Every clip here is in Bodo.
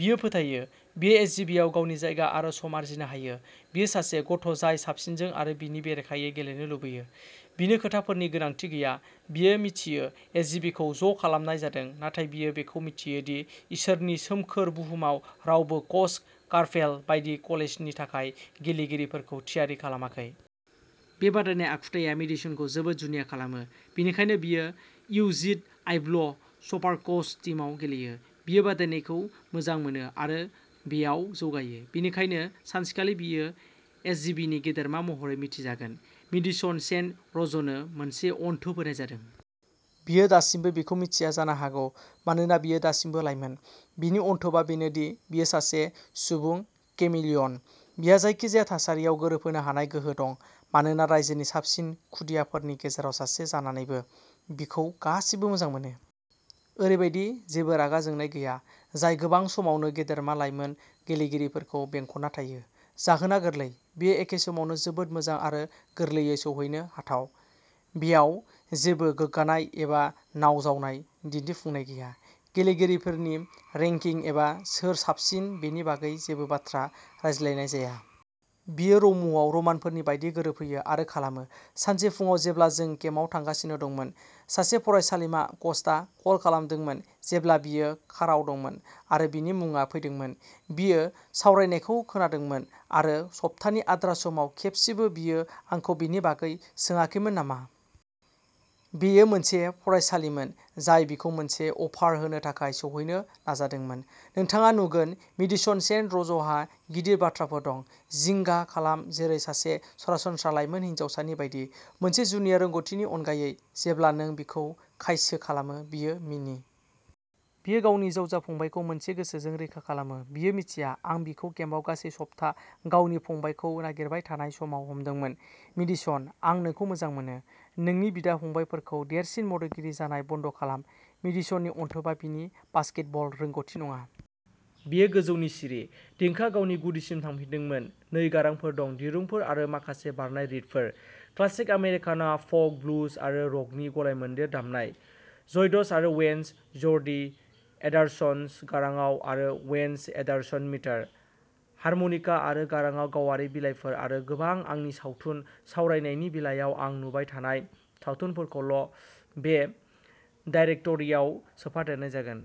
बियो फोथायो, बियो एसजेभिआव गावनि जायगा आरो सम आरजिनो हायो। बियो सासे गथ', जाय साबसिनजों आरो बिनि बेरेखायै गेलेनो लुबैयो। बिनो खोथाफोरनि गोनांथि गैया, बियो मिनथियो एसजेभिखौ ज' खालामनाय जादों। नाथाय बियो बेखौबो मिनथियो दि, इसोरनि सोमखोर बुहुमाव रावबो कच कार्पेल बायदि कलेजनि थाखाय गेलेगिरिफोरखौ थियारि खालामाखै। बे बादायनाय आखुथाइया मेडिसनखौ जोबोद जुनिया खालामो। बेनिखायनो बियो इउ जिद' आइब्ल स्पार्क्स टीमआव गेलेयो। बियो बादायलायनायखौ मोजां मोनो आरो बेयाव जौगायो। बेनिखायनो सानसेखालि बियो एसजेभिनि गेदेमा महरै मिथिजागोन। मेडिसन सेन्ट र'जनो मोनसे अनथोब होनाय जादों। बियो दासिमबो बेखौ मिनथिया जानो हागौ। मानोना बियो दासिमबो लाइमोन। बिनि अनथोबआ बेनो दि बियो सासे सुबुं केमिलियन। बिहा जायखिजाया थासारियाव गोरोबहोनो हानाय गोहो दं। मानोना रायजोनि साबसिन खुदियाफोरनि गेजेराव सासे जानानैबो, बिखौ गासैबो मोजां मोनो। ओरैबायदि जेबो रागा जोंनाय गैया। जाय गोबां समावनो गेदेमा लाइमोन गेलेगिरिफोरखौ बेंखनना थायो। जाहोना गोरलै, बियो एखे समावनो जोबोद मोजां आरो गोरलैयै सौहैनो हाथाव। बेयाव जेबो गोग्गानाय एबा नाव जावनाय दिन्थिफुंनाय गैया। गेलेगिरिफोरनि रेंकिं एबा सोर साबसिन बेनि बागै जेबो बाथ्रा रायज्लायनाय जाया। बियो रम'आव रमानफोरनि बायदि गोरोबहोयो आरो खालामो। सानसे फुङाव जेब्ला जों केम्पआव थांगासिनो दंमोन। सासे फरायसालिमा कचआ कल खालामदोंमोन जेब्ला बियो काराव दंमोन आरो बिनि मुङा फैदोंमोन। बियो सावरायनायखौ खोनादोंमोन आरो सप्तानि आद्रा समाव खेबसेबो, बियो आंखौ बेनि बागै सोङाखैमोन नामा। बेयो मोनसे फरायसालिमोन, जाय बिखौ मोनसे अफार होनो थाखाय सौहैनो नाजादोंमोन। नोंथाङा नुगोन मेडिसन सेन्ट र'जहा गिदिर बाथ्राफोर दं। जिंगा खालाम जेरै सासे सरासनस्रा लाइमोन हिनजावसानि बायदि मोनसे जुनिया रोंग'थिनि अनगायै, जेब्ला नों बिखौ खायसो खालामो, बियो मिनि बियो गावनि जावजा फंबायखौ मोनसे गोसोजों रैखा खालामो। बियो मिथिया, आं बिखौ केम्पआव गासै सप्ता गावनि फंबायखौ नागिरबाय थानाय समाव हमदोंमोन। मेडिसन आं नोंखौ मोजां मोनो। नोंनि बिदा फंबायफोरखौ देरसिन मददगिरि जानाय बन्द' खालाम। मेडिसननि अनथोबआ बिनि बास्केटबल रोंग'थि नङा। बेयो गोजौनि चेरि। देंखोआ गावनि गुदिसिम थांफिनदोंमोन, नै गारांफोर दं दिरुंफोर आरो माखासे बारनाय रिडफोर। क्लासिक आमेरिकाना फ'क, ब्लुज आरो रकनि गलायमोन्देर दामनाय। जयडस आरो वेन्सआ ज'डि एन्डारसन गारांआव आरो वेन्स एन्डारसन गिटार, हारमनिका आरो गारांआव गावारि बिलाइफोर आरो गोबां आंनि सावथुन बिसावरायनायनि बिलाइयाव आं नुबाय थानाय सावथुनफोरखौल' बे दाइरेक्ट'रिआव सोफादेरनाय जागोन।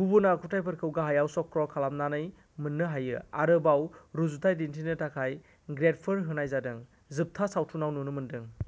गुबुन आखुथायफोरखौ गाहायाव स्क्रल खालामनानै मोननो हायो। आरोबाव रुजुथाय दिन्थिनो थाखाय ग्रेदफोर होनाय जादों। जोबथा सावथुनआव नुनो मोनदों।